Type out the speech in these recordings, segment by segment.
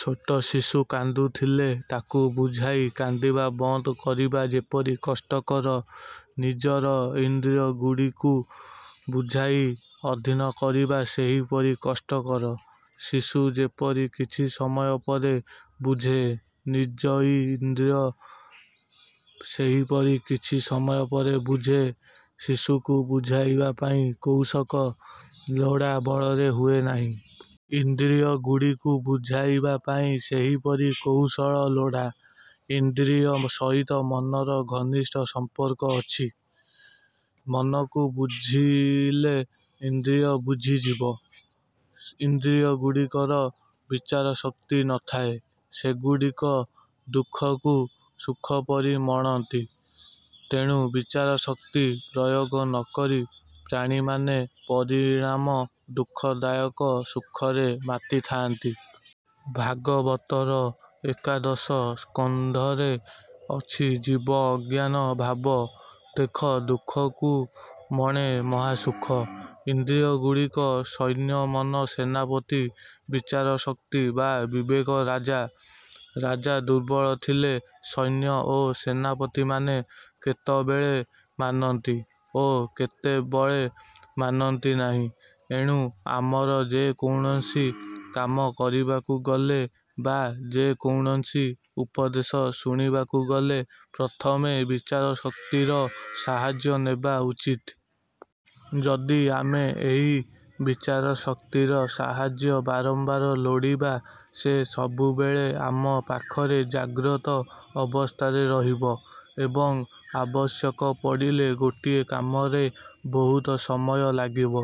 ଛୋଟ ଶିଶୁ କାନ୍ଦୁଥିଲେ ତାକୁ ବୁଝାଇ କନ୍ଦିବା ବନ୍ଦ କରିବା ଯେପରି କଷ୍ଟକର ନିଜର ଇନ୍ଦ୍ରିୟଗୁଡ଼ିକୁ ବୁଝାଇ ଅଧୀନ କରିବା ସେହିପରି କଷ୍ଟକର। ଶିଶୁ ଯେପରି କିଛି ସମୟ ପରେ ବୁଝେ ନିଜଇନ୍ଦ୍ରିୟ ସେହିପରି କିଛି ସମୟ ପରେ ବୁଝେ। ଶିଶୁକୁ ବୁଝାଇବା ପାଇଁ କୌଶକ ଲୋଡ଼ା ବଳରେ ହୁଏ ନାହିଁ। ଇନ୍ଦ୍ରିୟଗୁଡ଼ିକୁ ବୁଝାଇବା ପାଇଁ ସେହିପରି କୌଶଳ ଲୋଡ଼ା। ଇନ୍ଦ୍ରିୟ ସହିତ ମନର ଘନିଷ୍ଠ ସମ୍ପର୍କ ଅଛି। ମନକୁ ବୁଝିଲେ ଇନ୍ଦ୍ରିୟ ବୁଝିଯିବ। ଇନ୍ଦ୍ରିୟଗୁଡ଼ିକର ବିଚାରଶକ୍ତି ନ ଥାଏ। ସେଗୁଡ଼ିକ ଦୁଃଖକୁ ସୁଖପରି ମଣନ୍ତି। ତେଣୁ ବିଚାରଶକ୍ତି ପ୍ରୟୋଗ ନ କରି ପ୍ରାଣୀମାନେ ପରିଣାମ ଦୁଃଖ ଦାୟକ ସୁଖରେ ମାତିଥାନ୍ତି। ଭାଗବତର ଏକାଦଶସ୍କନ୍ଧରେ ଅଛି ଜୀବ ଅଜ୍ଞାନ ଭାବ ଦେଖ ଦୁଃଖକୁ ମଣେ ମହାସୁଖ। ଇନ୍ଦ୍ରିୟଗୁଡ଼ିକ ସୈନ୍ୟ ମନ ସେନାପତି, ବିଚାରଶକ୍ତି ବା ବିବେକ ରାଜା। ରାଜା ଦୁର୍ବଳ ଥିଲେ ସୈନ୍ୟ ଓ ସେନାପତିମାନେ କେତବେଳେ ମାନନ୍ତି ଓ କେତେବଳେ ମାନନ୍ତି ନାହିଁ। ଏଣୁ ଆମର ଯେ କୌଣସି କାମ କରିବାକୁ ଗଲେ ବା ଯେ କୌଣସି ଉପଦେଶ ଶୁଣିବାକୁ ଗଲେ, ପ୍ରଥମେ ବିଚାରଶକ୍ତିର ସାହାଯ୍ୟ ନେବା ଉଚିତ। ଯଦି ଆମେ ଏହି ବିଚାରଶକ୍ତିର ସାହାଯ୍ୟ ବାରମ୍ବାର ଲୋଡ଼ିବା, ସେ ସବୁବେଳେ ଆମ ପାଖରେ ଜାଗ୍ରତ ଅବସ୍ଥାରେ ରହିବ ଏବଂ ଆବଶ୍ୟକ ପଡ଼ିଲେ ଗୋଟିଏ କାମରେ ବହୁତ ସମୟ ଲାଗିବ।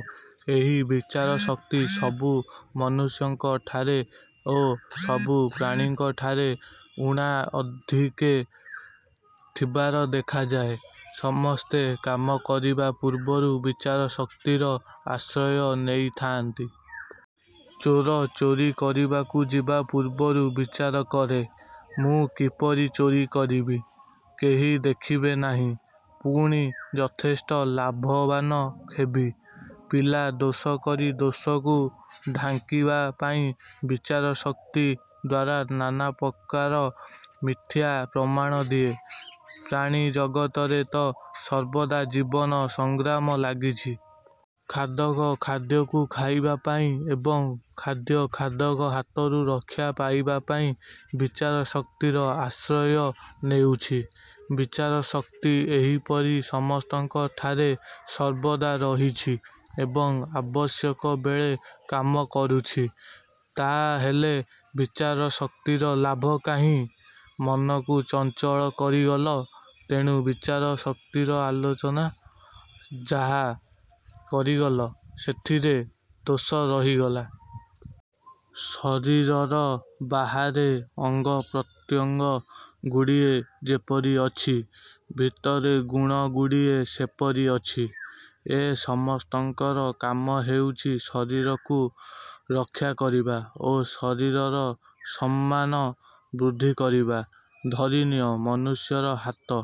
ଏହି ବିଚାରଶକ୍ତି ସବୁ ମନୁଷ୍ୟଙ୍କଠାରେ ଓ ସବୁ ପ୍ରାଣୀଙ୍କଠାରେ ଊଣାଅଧିକେ ଥିବାର ଦେଖାଯାଏ। ସମସ୍ତେ କାମ କରିବା ପୂର୍ବରୁ ବିଚାରଶକ୍ତିର ଆଶ୍ରୟ ନେଇଥାନ୍ତି। ଚୋର ଚୋରି କରିବାକୁ ଯିବା ପୂର୍ବରୁ ବିଚାର କରେ, ମୁଁ କିପରି ଚୋରି କରିବି, କେହି ଦେଖିବେ ନାହିଁ, ପୁଣି ଯଥେଷ୍ଟ ଲାଭବାନ ହେବି। ପିଲା ଦୋଷ କରି ଦୋଷକୁ ଢାଙ୍କିବା ପାଇଁ ବିଚାରଶକ୍ତି ଦ୍ଵାରା ନାନାପ୍ରକାର ମିଥ୍ୟା ପ୍ରମାଣ ଦିଏ। ପ୍ରାଣିଜଗତରେ ତ ସର୍ବଦା ଜୀବନ ସଂଗ୍ରାମ ଲାଗିଛି। ଖାଦକ ଖାଦ୍ୟକୁ ଖାଇବା ପାଇଁ ଏବଂ ଖାଦ୍ୟ ଖାଦକ ହାତରୁ ରକ୍ଷା ପାଇବା ପାଇଁ ବିଚାରଶକ୍ତିର ଆଶ୍ରୟ ନେଉଛି। ବିଚାରଶକ୍ତି ଏହିପରି ସମସ୍ତଙ୍କ ଠାରେ ସର୍ବଦା ରହିଛି ଏବଂ ଆବଶ୍ୟକ ବେଳେ କାମ କରୁଛି। ତା'ହେଲେ ବିଚାରଶକ୍ତିର ଲାଭ କାହିଁ? ମନକୁ ଚଞ୍ଚଳ କରିଗଲ। ତେଣୁ ବିଚାରଶକ୍ତିର ଆଲୋଚନା ଯାହା କରିଗଲ, ସେଥିରେ ଦୋଷ ରହିଗଲା। ଶରୀରର ବାହାରେ ଅଙ୍ଗପ୍ରତ୍ୟଙ୍ଗ ଗୁଡ଼ିଏ ଯେପରି ଅଛି ଭିତରେ ଗୁଣ ଗୁଡ଼ିଏ ସେପରି ଅଛି। ଏ ସମସ୍ତଙ୍କର କାମ ହେଉଛି ଶରୀରକୁ ରକ୍ଷା କରିବା ଓ ଶରୀରର ସମ୍ମାନ ବୃଦ୍ଧି କରିବା। ଧରିନିଅ, ମନୁଷ୍ୟର ହାତ।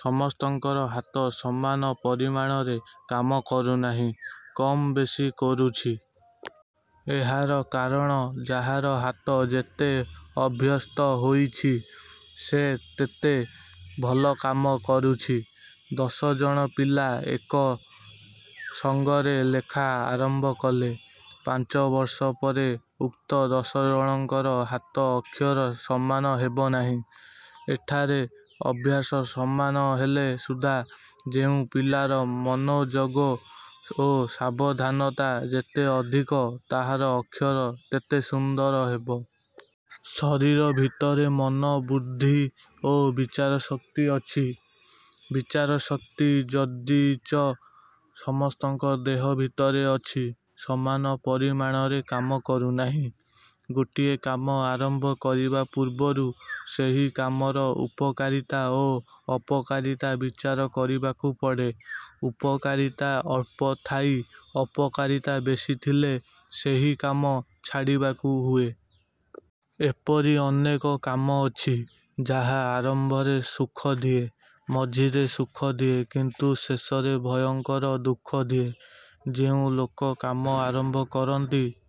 ସମସ୍ତଙ୍କର ହାତ ସମାନ ପରିମାଣରେ କାମ କରୁନାହିଁ, କମ୍ ବେଶୀ କରୁଛି। ଏହାର କାରଣ ଯାହାର ହାତ ଯେତେ ଅଭ୍ୟସ୍ତ ହୋଇଛି ସେ ତେତେ ଭଲ କାମ କରୁଛି। ଦଶଜଣ ପିଲା ଏକ ସଙ୍ଗରେ ଲେଖା ଆରମ୍ଭ କଲେ, ପାଞ୍ଚ ବର୍ଷ ପରେ ଉକ୍ତ ଦଶଜଣଙ୍କର ହାତ ଅକ୍ଷର ସମାନ ହେବ ନାହିଁ। ଏଠାରେ ଅଭ୍ୟାସ ସମାନ ହେଲେ ସୁଦ୍ଧା ଯେଉଁ ପିଲାର ମନୋଯୋଗ ଓ ସାବଧାନତା ଯେତେ ଅଧିକ ତାହାର ଅକ୍ଷର ତେତେ ସୁନ୍ଦର ହେବ। ଶରୀର ଭିତରେ ମନ, ବୁଦ୍ଧି ଓ ବିଚାରଶକ୍ତି ଅଛି। ବିଚାରଶକ୍ତି ଯଦିଚ ସମସ୍ତଙ୍କ ଦେହ ଭିତରେ ଅଛି, ସମାନ ପରିମାଣରେ କାମ କରୁନାହିଁ। ଗୋଟିଏ କାମ ଆରମ୍ଭ କରିବା ପୂର୍ବରୁ ସେହି କାମର ଉପକାରିତା ଓ ଅପକାରିତା ବିଚାର କରିବାକୁ ପଡ଼େ। ଉପକାରିତା ଅଳ୍ପ ଥାଇ ଅପକାରିତା ବେଶୀ ଥିଲେ ସେହି କାମ ଛାଡ଼ିବାକୁ ହୁଏ। ଏପରି ଅନେକ କାମ ଅଛି, ଯାହା ଆରମ୍ଭରେ ସୁଖଦିଏ, ମଝିରେ ସୁଖ ଦିଏ କିନ୍ତୁ ଶେଷରେ ଭୟଙ୍କର ଦୁଃଖ ଦିଏ। ଯେଉଁ ଲୋକ କାମ ଆରମ୍ଭ କରନ୍ତି -